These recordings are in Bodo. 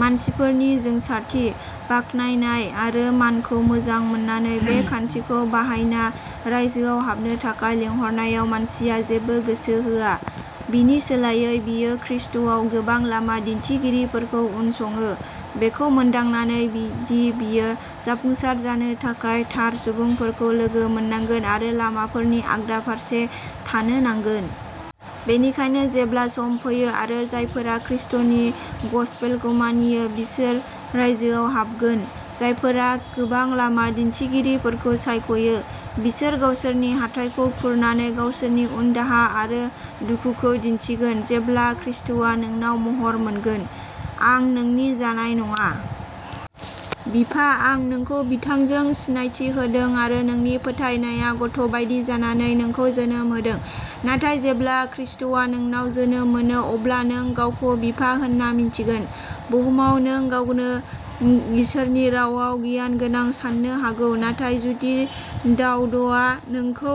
मानसिफोरनि जोंसारथि, बाख्नायनाय आरो मानखौ मोजां मोननानै, बे खान्थिखौ बाहायना रायजोआव हाबनो थाखाय लिंहरनायाव मानसिया जेबो गोसो होआ। बिनि सोलायै, बियो खृष्टआव गोबां लामा दिन्थिगिरिफोरखौ उनसङो, बेखौ मोनदांनानै दि बियो जाफुंसार जानो थाखाय थार सुबुंफोरखौ लोगो मोननांगोन आरो लामाफोरनि आगदा फारसे थानो नांगोन। बेनिखायनो जेब्ला सम फैयो आरो जायफोरा खृष्टनि गसपेलखौ मानियो, बिसोर रायजोआव हाबगोन, जायफोरा गोबां लामा दिन्थिगिरिफोरखौ सायख'यो, बिसोर गावसोरनि हाथाइखौ खुरनानै गावसोरनि उनदाहा आरो दुखुखौ दिन्थिगोन। जेब्ला ख्रीष्टआ नोंनाव महर मोनगोन, आं नोंनि जानाय नङा। बिफा। आं नोंखौ बिथांजों सिनायथि होदों आरो नोंनि फोथायनाया गथ'बायदि जानानै नोंखौ जोनोम होदों, नाथाय जेब्ला ख्रीष्टआ नोंनाव जोनोम मोनो, अब्ला नों गावखौ बिफा होनना मिन्थिगोन। बुहुमाव नों गावखौनो इसोरनि रावाव गियानगोनां साननो हागौ, नाथाय जुदि दाउदआ नोंखौ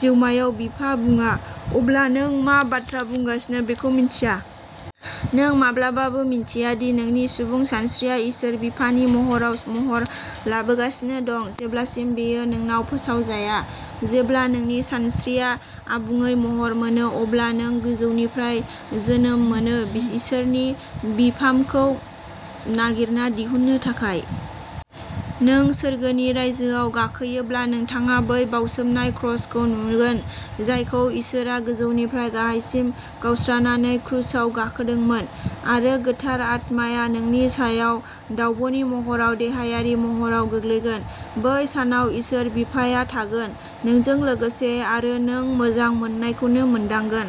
जिउमायाव बिफा बुंया, अब्ला नों मा बाथ्रा बुंगासिनो बेखौ मिन्थिया! नों माब्लाबाबो मिन्थिया दि नोंनि सुबुं सानस्रिया इसोर बिफानि महराव महर लाबोगासिनो दं जेब्लासिम बेयो नोंनाव फोसावजाया। जेब्ला नोंनि सानस्रिया आबुङै महर मोनो, अब्ला नों गोजौनिफ्राय जोनोम मोनो इसोरनि बिफामखौ नागिरना दिहुननो थाखाय। नों सोरगोनि रायजोआव गाखोयोब्ला, नोंथाङा बै बावसोमनाय क्रसखौ नुगोन जायखौ इसोरआ गोजौनिफ्राय गाहायसिम गावस्रानानै क्रुसाव गाखोदोंमोन। आरो गोथार आत्माया नोंनि सायाव दावब'नि महराव देहायारि महराव गोग्लैगोन। बै सानाव इसोर बिफाआ थागोन। नोंजों लोगोसे आरो नों मोजां मोननायखौनो मोनदांगोन!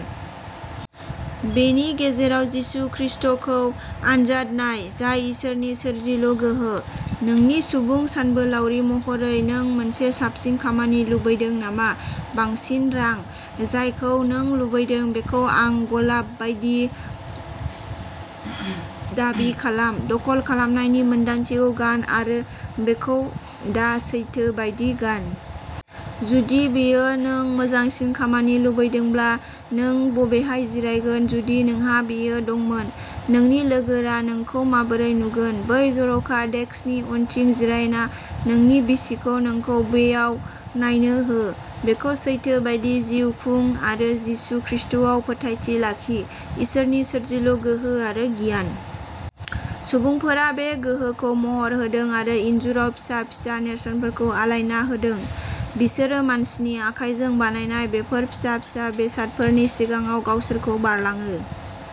बेनि गेजेराव, जिसु ख्रीष्टखौ आनजाद नाय, जाय इसोरनि सोरजिलु गोहो, नोंनि सुबुं सानबोलावरि महरै! नों मोनसे साबसिन खामानि लुबैदों नामा? बांसिन रां? जायखौ नों लुबैदों बेखौ आं गलाब बायदि दाबि खालाम। दखल खालामनायनि मोन्दांथिखौ गान आरो बेखौ दा सैथो बायदि गान। जुदि बेयो नों मोजांसिन खामानि लुबैदोंब्ला, नों बबेहाय जिरायगोन जुदि नोंहा बेयो दंमोन? नोंनि लोगोरा नोंखौ माबोरै नुगोन? बै जर'खा डेस्कनि उनथिं जिरायना नोंनि बिसिखौ नोंखौ बैयाव नायनो हो। बेखौ सैथो बायदि जिउ खुं आरो जिसु ख्रीष्टआव फोथायथि लाखि, इसोरनि सोरजिलु गोहो आरो गियान। सुबुंफोरा बे गोहोखौ महर होदों आरो इन्जुराव फिसा फिसा नेरसोनफोरखौ आलायना होदों। बिसोरो मानसिनि आखाइजों बानायनाय बेफोर फिसा फिसा बेसादफोरनि सिगाङाव गावसोरखौ बारलाङो।